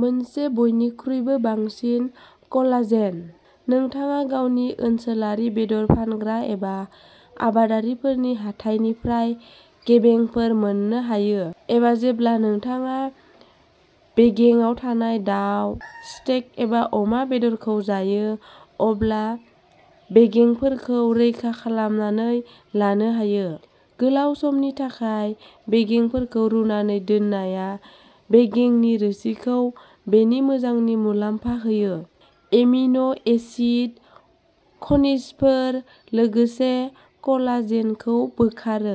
मोनसे बयनिख्रुइबो बांसिन कलाजेन नोंथाङा गावनि ओनसोलारि बेदर फानग्रा एबा आबादारिफोरनि हाथाइनिफ्राय बेगेंफोर मोननो हायो एबा जेब्ला नोंथाङा बेगेंआव थानाय दाव, स्टेक, एबा अमा बेदरखौ जायो, अब्ला बेगेंफोरखौ रैखा खालामनानै लानो हायो। गोलाव समनि थाखाय बेगेंफोरखौ रुनानै दोननाया बेगेंनि रोसिखौ बेनि मोजांनि मुलाम्फा होयो, एमिन' एसिड, खनिजफोर, लोगोसे कलाजेनखौ बोखारो।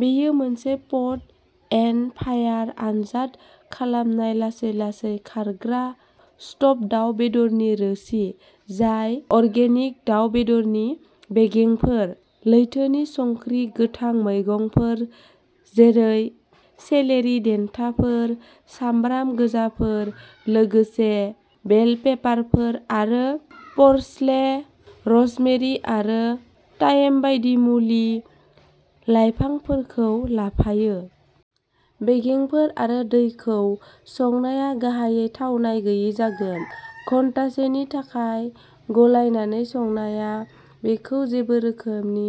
बेयो मोनसे पट एन्ड फायार आनजाद खालामनाय लासै-लासै खारग्रा स्ट'भ दाव बेदरनि रोसि जाय अर्गेनिक दाव बेदरनि बेगेंफोर, लैथोनि संख्रि, गोथां मैगंफोर जेरै सेलेरि देन्थाफोर, सामब्राम गोजाफोर, लोगोसे बेल पेपारफोर, आरो पार्सले, र'जमेरि आरो थाइम बायदि मुलि-लाइफांफोरखौ लाफायो। बेगेंफोर आरो दैखौ संनाया गाहायै थावनाय गैयै जागोन। घन्टासेनि थाखाय गलायनानै संनाया बेखौ जेबो रोखोमनि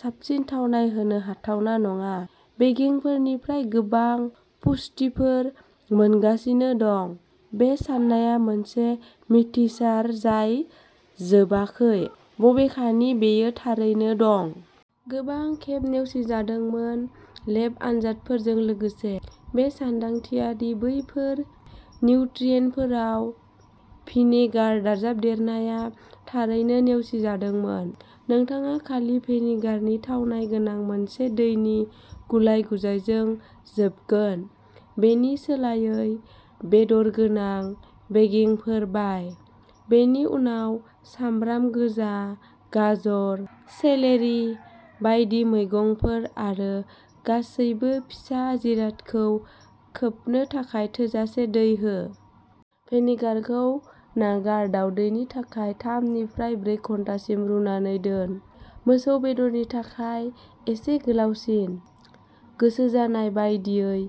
साबसिन थावनाय होनो हाथावना नङा। बेगेंफोरनिफ्राय गोबां पुष्टिफोर मोनगासिनो दं बे साननाया मोनसे मिथिसार जाय जोबाखै, बबेखानि बेयो थारैनो दं। गोबां खेब नेवसिजादोंमोन, लेब आनजादफोरजों लोगोसे। बे सानदांथिया दि बैफोर निउट्रियेन्टफोराव भिनेगार दाजाबदेरनाया थारैनो नेवसिजादोंमोन। नोंथाङा खालि भिनेगारनि थावनाय गोनां मोनसे दैनि गुलाय-गुजायजों जोबगोन। बेनि सोलायै, बेदर गोनां बेगेंफोर बाय। बेनि उनाव सामब्राम गोजा, गाजर, सेलेरि बायदि मैगंफोर आरो गासैबो फिसा जिरादखौ खोबनो थाखाय थोजासे दै हो। भिनेगारखौ नागार दावदैनि थाखाय थाम निफ्राय ब्रै घन्टासिम रुनानै दोन मोसौ बेदरनि थाखाय एसे गोलावसिन। गोसो जानाय बायदियै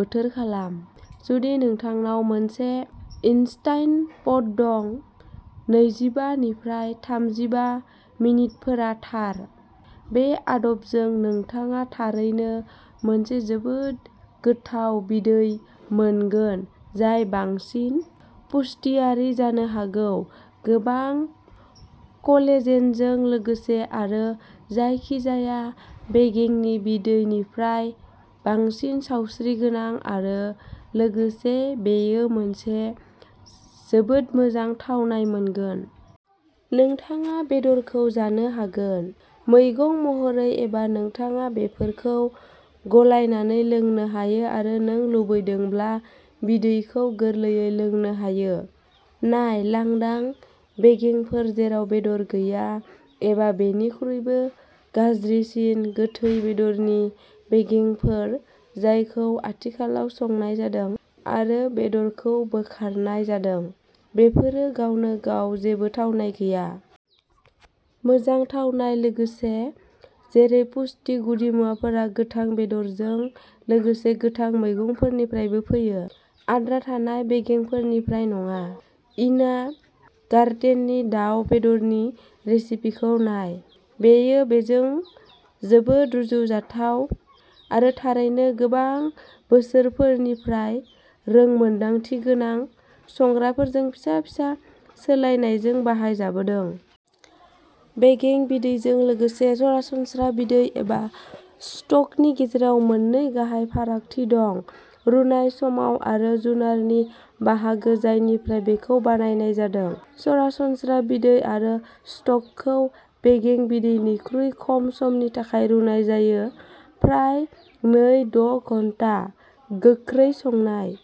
बोथोर खालाम। जुदि नोंथांनाव मोनसे इनस्ट्यान्ट पट दं, नैजिबा निफ्राय थामजिबा मिनिटफोरा थार। बे आदबजों नोंथाङा थारैनो मोनसे जोबोद गोथाव बिदै मोनगोन जाय बांसिन पुष्टियारि जानो हागौ गोबां कलेजेनजों लोगोसे आरो जायखिजाया बेगेंनि बिदैनिफ्राय बांसिन सावस्रिगोनां आरो लोगोसे बेयो मोनसे जोबोद मोजां थावनाय मोनगोन। नोंथाङा बेदरखौबो जानो हागोन। मैगं महरै एबा नोंथाङा बेफोरखौ गलायनानै लोंनो हायो आरो नों लुबैदोंब्ला बिदैखौ गोरलैयै लोंनो हायो। नाय, लांदां बेगेंफोर जेराव बेदर गैया, एबा, बेनिख्रुइबो गाज्रिसिन, गोथै बेदरनि बेगेंफोर जायखौ आथिखालाव संनाय जादों आरो बेदरखौ बोखारनाय जादों, बेफोरो गावनो गाव जेबो थावनाय गैया। मोजां थावनाय लोगोसे जेरै पुष्टि गुदिमुवाफोरा गोथां बेदरजों लोगोसे गोथां मैगंफोरनिफ्रायबो फैयो आद्रा थानाय बेगेंफोरनिफ्राय नङा। इना गार्टेननि दाव बेदरनि रेसिपिखौ नाय। बेयो बेजों जोबोद रुजुजाथाव आरो थारैनो गोबां बोसोरफोरनिफ्राय रोंमोनदांथिगोनां संग्राफोरजों फिसा-फिसा सोलायनायजों बाहायजाबोदों। बेगें बिदैजों लोगोसे सरासनस्रा बिदै एबा स्टकनि गेजेराव मोननै गाहाय फारागथि दं रुनाय सम आरो जुनारनि बाहागो जायनिफ्राय बेखौ बानायनाय जादों। सरासनस्रा बिदै आरो स्टकखौ बेगें बिदैनिख्रुइ खम समनि थाखाय रुनाय जायो, फ्राय नै द' घन्टा। गोख्रै संनाय।